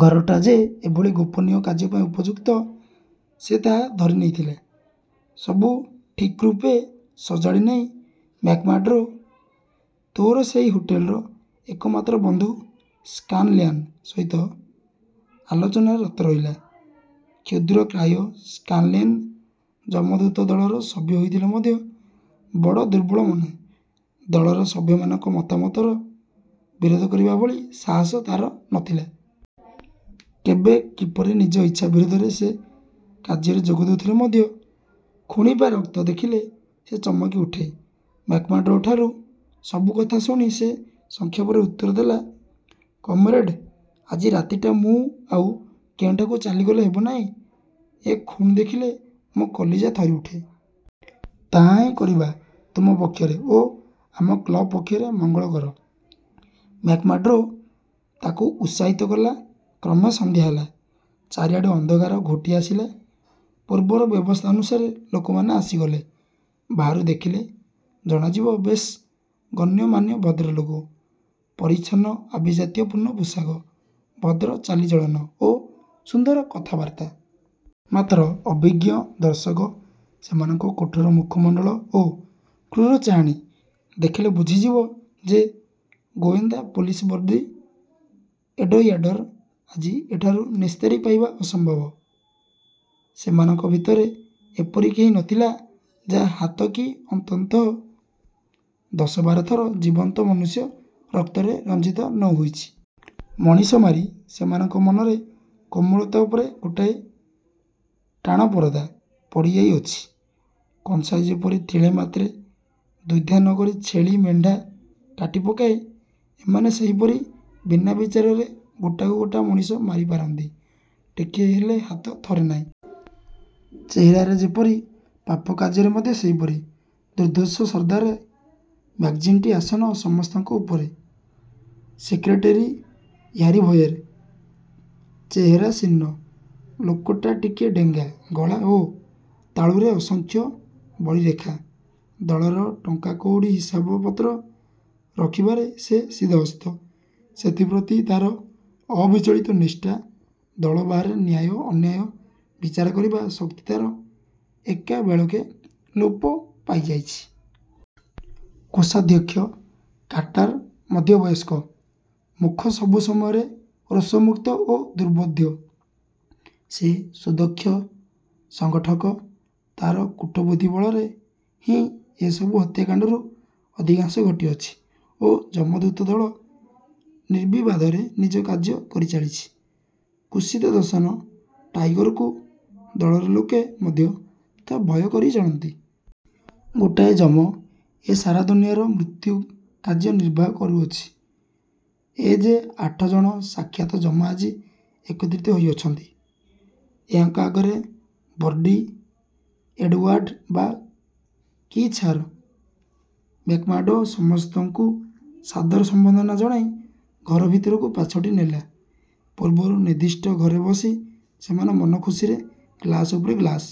ଘରଟା ଯେ ଏଭଳି ଗୋପନୀୟ କାର୍ଯ୍ୟପାଇଁ ଉପଯୁକ୍ତ, ସେ ତାହା ଧରିନେଇଥିଲା। ସବୁ ଠିକ୍ରୂପେ ସଜାଡ଼ିନେଇ ମ୍ୟାକ୍ମାର୍ଡ଼ୋ ତାର ସେହି ହୋଟେଲର ଏକମାତ୍ର ବନ୍ଧୁ ସ୍କାନଲ୍ୟାନ ସହିତ ଆଲୋଚନାରେ ରତ ରହିଲା। କ୍ଷୁଦ୍ରକାୟ ସ୍କାନଲ୍ୟାନ, ଯମଦୂତ ଦଳର ସଭ୍ୟ ହୋଇଥିଲେ ମଧ୍ୟ ବଡ଼ ଦୁର୍ବଳମନା। ଦଳର ସଭ୍ୟମାନଙ୍କ ମତାମତର ବିରୋଧ କରିବା ଭଳି ସାହସ ତାହାର ନ ଥିଲା। କେବେ କିପରି ନିଜ ଇଚ୍ଛା ବିରୋଧରେ ସେ କାର୍ଯ୍ୟରେ ଯୋଗଦେଉଥିଲେ ମଧ୍ୟ ଖୁଣି ବା ରକ୍ତ ଦେଖିଲେ ସେ ଚମକିଉଠେ। ମ୍ୟାକ୍ମାର୍ଡ଼ୋଠାରୁ ସବୁ କଥା ଶୁଣି ସେ ସଂକ୍ଷେପରେ ଉତ୍ତର ଦେଲା, ''କମ୍ରେଡ଼, ଆଜି ରାତିଟା ମୁଁ ଆଉ କେଉଁଠାକୁ ଚାଲିଗଲେ ହେବ ନାହିଁ? ଏ ଖୁଣ୍ ଦେଖିଲେ ମୋ କଲିଜା ଥରିଉଠେ। '' ''ତାହାହିଁ କରିବା ତୁମ ପକ୍ଷରେ ଓ ଆମ କ୍ଳବ ପକ୍ଷରେ ମଙ୍ଗଳକର''–ମ୍ୟାକ୍ମାର୍ଡ଼ୋ ତାକୁ ଉତ୍ସାହିତ କଲା। କ୍ରମେ ସନ୍ଧ୍ୟା ହେଲା। ଚାରିଆଡ଼ୁ ଅନ୍ଧକାର ଘୋଟିଆସିଲା। ପୂର୍ବର ବ୍ୟବସ୍ଥା ଅନୁସାରେ ଲୋକମାନେ ଆସିଗଲେ। ବାହାରୁ ଦେଖିଲେ ଜଣାଯିବ, ବେଶ୍ ଗଣ୍ୟମାନ୍ୟ ଭଦ୍ରଲୋକ। ପରିଚ୍ଛନ୍ନ ଆଭିଜାତ୍ୟପୂର୍ଣ୍ଣ ପୋଷାକ; ଭଦ୍ର ଚାଲିଚଳନ ଓ ସୁନ୍ଦର କଥାବାର୍ତ୍ତା। ମାତ୍ର ଅଭିଜ୍ଞ ଦର୍ଶକ ସେମାନଙ୍କ କଠୋର ମୁଖମଣ୍ଡଳ ଓ କ୍ରୂର ଚାହାଣୀ ଦେଖିଲେ ବୁଝିଯିବ ଯେ ଗୋଏନ୍ଦା ପୋଲିସ ବର୍ଡ଼ି ଏଡ଼ଓ୍ୟାର୍ଡ଼ର ଆଜି ଏଠାରୁ ନିସ୍ତାରି ପାଇବା ଅସମ୍ଭବ। ସେମାନଙ୍କ ଭିତରେ ଏପରି କେହି ନ ଥିଲା, ଯାହା ହାତ କି ଅନ୍ତତଃ ଦଶବାର ଥର ଜୀବନ୍ତ ମନୁଷ୍ୟ ରକ୍ତରେ ରଞ୍ଜିତ ନ ହୋଇଛି। ମଣିଷ ମାରି ସେମାନଙ୍କ ମନର କୋମଳତା ଉପରେ ଗୋଟାଏ ଟାଣ ପରଦା। ପଡ଼ିଯାଇଅଛି। କଂସାଇ ଯେପରି ତିଳେ ମାତ୍ର ଦ୍ୱିଧା ନ କରି ଛେଳି, ମେଣ୍ଢା କାଟିପକାଏ, ଏମାନେ ସେହିପରି ବିନା ବିଚାରରେ ଗୋଟାକୁ ଗୋଟା ମଣିଷ ମାରିପାରନ୍ତି, ଟିକିଏ ହେଲେ ହାତ ଥରେ ନାହିଁ। ଚେହେରାରେ ଯେପରି, ପାପକାର୍ଯ୍ୟରେ ମଧ୍ୟ ସେହିପରି ଦୁର୍ଦ୍ଦର୍ଷସର୍ଦ୍ଦାର ମ୍ୟାକ୍ଜିଣ୍ଟି ଆସନ ସମସ୍ତଙ୍କ ଉପରେ। ସେକ୍ରେଟେରୀ ହ୍ୟାରିଭଏର ଚେହେରା ଶୀର୍ଣ୍ଣ। ଲୋକଟା ଟିକିଏ ଡେଙ୍ଗା, ଗଳା ଓ ତାଳୁରେ ଅସଂଖ୍ୟ ବଳିରେଖା। ଦଳର ଟଙ୍କାକଉଡ଼ି ହିସାବପତ୍ର ରଖିବାରେ ସେ ସିଦ୍ଧହସ୍ତ, ସେଥିପ୍ରତି ତାର ଅବିଚଳିତ ନିଷ୍ଠା। ଦଳ ବାହାରେ ନ୍ୟାୟ ଅନ୍ୟାୟ ବିଚାର କରିବା ଶକ୍ତି ତାର ଏକାବେଳକେ ଲୋପ ପାଇଯାଇଛି। କୋଷାଧ୍ୟକ୍ଷ କାର୍ଟାର ମଧ୍ୟବୟସ୍କ। ମୁଖ ସବୁ ସମୟରେ ରୋଷମୁକ୍ତ ଓ ଦୁର୍ବୋଧ୍ୟ। ସେ ସୁଦକ୍ଷ ସଙ୍ଗଠକ। ତାର କୁଟବୁଦ୍ଧି ବଳରେ ହିଁ ଏ ସବୁ ହତ୍ୟାକାଣ୍ଡରୁ ଅଧିକାଂଶ ଘଟିଅଛି ଓ ଯମଦୂତ ଦଳ ନିର୍ବିବାଦରେ ନିଜ କାର୍ଯ୍ୟ କରିଚାଲିଛି। କୁତ୍ସିତଦର୍ଶନ ଟାଇଗରକୁ ଦଳର ଲୋକେ ମଧ୍ୟ ତ ଭୟ କରି ଚଳନ୍ତି। ଗୋଟାଏ ଯମ ଏ ସାରା ଦୁନିଆର ମୃତ୍ୟୁକାର୍ଯ୍ୟ ନିର୍ବାହ କରୁଅଛି। ଏ ଯେ ଆଠ ଜଣ ସାକ୍ଷାତ ଯମ ଆଜି ଏକତ୍ରିତ ହୋଇଅଛନ୍ତି; ଏହାଙ୍କ ଆଗରେ ବର୍ଡ଼ି ଏଡ଼ଉଆର୍ଡ଼ ବା କି ଛାର? ମ୍ୟାକ୍ମାର୍ଡ଼ୋ ସମସ୍ତଙ୍କୁ ସାଦର ସମ୍ବର୍ଦ୍ଧନା ଜଣାଇ ଘର ଭିତରକୁ ପାଛୋଟି ନେଲା। ପୂର୍ବରୁ ନିର୍ଦ୍ଦିଷ୍ଟ ଘରେ ବସି ସେମାନେ ମନଖୁସିରେ ଗ୍ଳାସ ଉପରେ ଗ୍ଳାସ